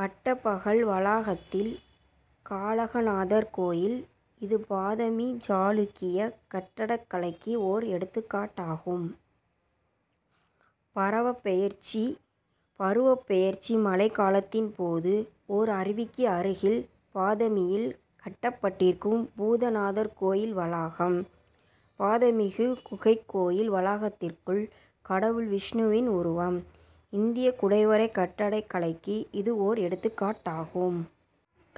பட்டபககல் வளாகத்தில் காலகநாதர் கோயில். இது பாதமி சாளுக்கிய கட்டடக்கலைக்கு ஓர் எடுத்துக்காட்டாகும் பருவப் பெயர்ச்சி மழைக் காலத்தின் போது ஓர் அருவிக்கு அருகில் பாதமியில் கட்டப்பட்டிருக்கும் பூதநாதர் கோயில் வளாகம். பாதாமிகு குகைக் கோயில் வளாகத்திற்குள் கடவுள் விஷ்ணுவின் உருவம். இந்தியக் குடைவரைக் கட்டடக்கலைக்கு இது ஓர் எடுத்துக்காட்டாகும்.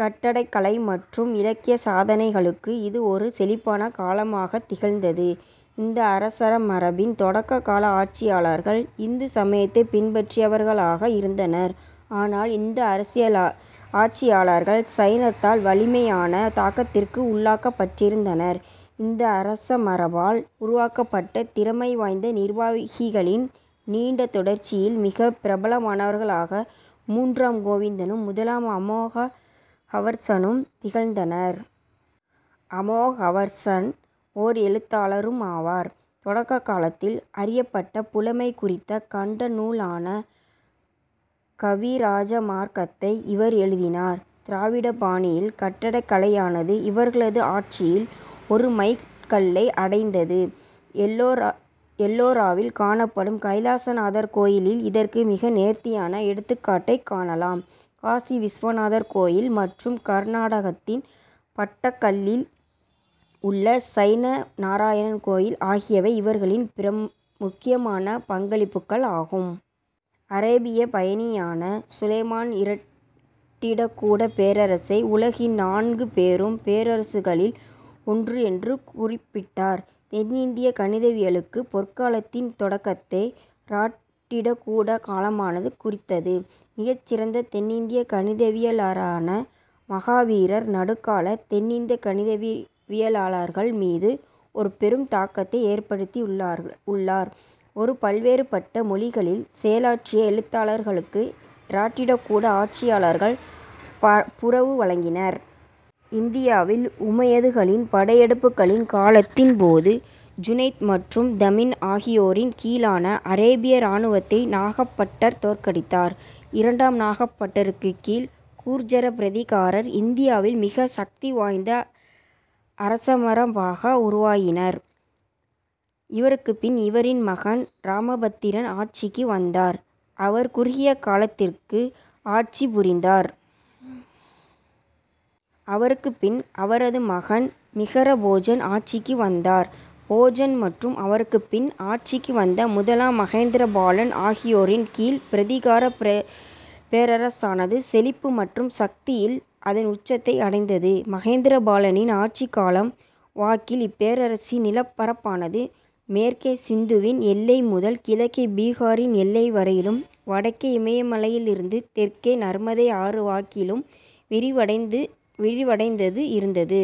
கட்டடக் கலை மற்றும் இலக்கியச் சாதனைகளுக்கு இது ஒரு செழிப்பான காலமாகத் திகழ்ந்தது. இந்த அரசமரபின் தொடக்க கால ஆட்சியாளர்கள் இந்து சமயத்தைப் பின்பற்றியவர்களாக இருந்தனர். ஆனால், இந்த ஆட்சியாளர்கள் சைனத்தால் வலிமையான தாக்கத்திற்கு உள்ளாக்கப்பட்டிருந்தனர். இந்த அரசமரபால் உருவாக்கப்பட்ட திறமை வாய்ந்த நிர்வாகிகளின் நீண்ட தொடர்ச்சியில் மிகப் பிரபலமானவர்களாக மூன்றாம் கோவிந்தனும், முதலாம் அமோகவர்சனும் திகழ்ந்தனர். அமோகவர்சன் ஓர் எழுத்தாளரும் ஆவார். தொடக்க காலத்தில் அறியப்பட்ட, புலமை குறித்த கந்த நூலான கவிராஜமார்க்கத்தை இவர் எழுதினார். திராவிட பாணியில் கட்டடக்கலையானது இவர்களது ஆட்சியில் ஒரு மைல் கல்லை அடைந்தது. எல்லோராவில் காணப்படும் கைலாசநாதர் கோயிலில் இதற்கு மிக நேர்த்தியான எடுத்துக்காட்டைக் காணலாம். காசி விசுவநாதர் கோயில் மற்றும் கருநாடகத்தின் பட்டக்கல்லில் உள்ள சைன நாராயணர் கோயில் ஆகியவை இவர்களின் பிற முக்கியமான பங்களிப்புகள் ஆகும். அரேபியப் பயணியான சுலைமான் இராட்டிரகூடப் பேரரசை உலகின் நான்கு பெரும் பேரரசுகளில் ஒன்று என்று குறிப்பிட்டார். தென்னிந்திய கணிதவியலுக்கு பொற்காலத்தின் தொடக்கத்தை இராட்டிரகூட காலமானது குறித்தது. மிகச் சிறந்த தென்னிந்திய கணிதவியலாளரான மகாவீரர் நடுக்கால தென்னிந்திய கணிதவியலாளர்கள் மீது ஒரு பெரும் தாக்கத்தை ஏற்படுத்தியுள்ளார். ஒரு பல்வேறுபட்ட மொழிகளில் செயலாற்றிய எழுத்தாளர்களுக்கு இராட்டிரகூட ஆட்சியாளர்கள் புரவு வழங்கினர். இந்தியாவில் உமையதுகளின் படையெடுப்புக் காலத்தின் போது ஜுனைத் மற்றும் தமீன் ஆகியோரின் கீழான அரேபிய இராணுவத்தை நாகபட்டர் தோற்கடித்தார். இரண்டாம் நாகபட்டருக்குக் கீழ் கூர்ஜர-பிரதிகாரர் இந்தியாவில் மிக சக்தி வாய்ந்த அரசமரபாக உருவாயினர். இவருக்குப்பின் இவரின் மகன் இராமபத்திரன் ஆட்சிக்கு வந்தார். அவர் குறுகிய காலத்திற்கு ஆட்சி புரிந்தார். அவருக்குப் பின் அவரது மகன் மிகிர போஜன் ஆட்சிக்கு வந்தார். போஜன் மற்றும் அவருக்கு பின் ஆட்சிக்கு வந்த முதலாம் மகேந்திரபாலன் ஆகியோரின் கீழ் பிரதிகாரப் பேரரசானது செழிப்பு மற்றும் சக்தியில் அதன் உச்சத்தை அடைந்தது. மகேந்திரபாலனின் ஆட்சிக் காலம் வாக்கில் இப்பேரரசின் நிலப்பரப்பானது மேற்கே சிந்துவின் எல்லை முதல் கிழக்கே பீகாரின் எல்லை வரையிலும், வடக்கே இமயமலையிலிருந்து தெற்கே நருமதை ஆறு வாக்கிலும் விரிவடைந்தது இருந்தது.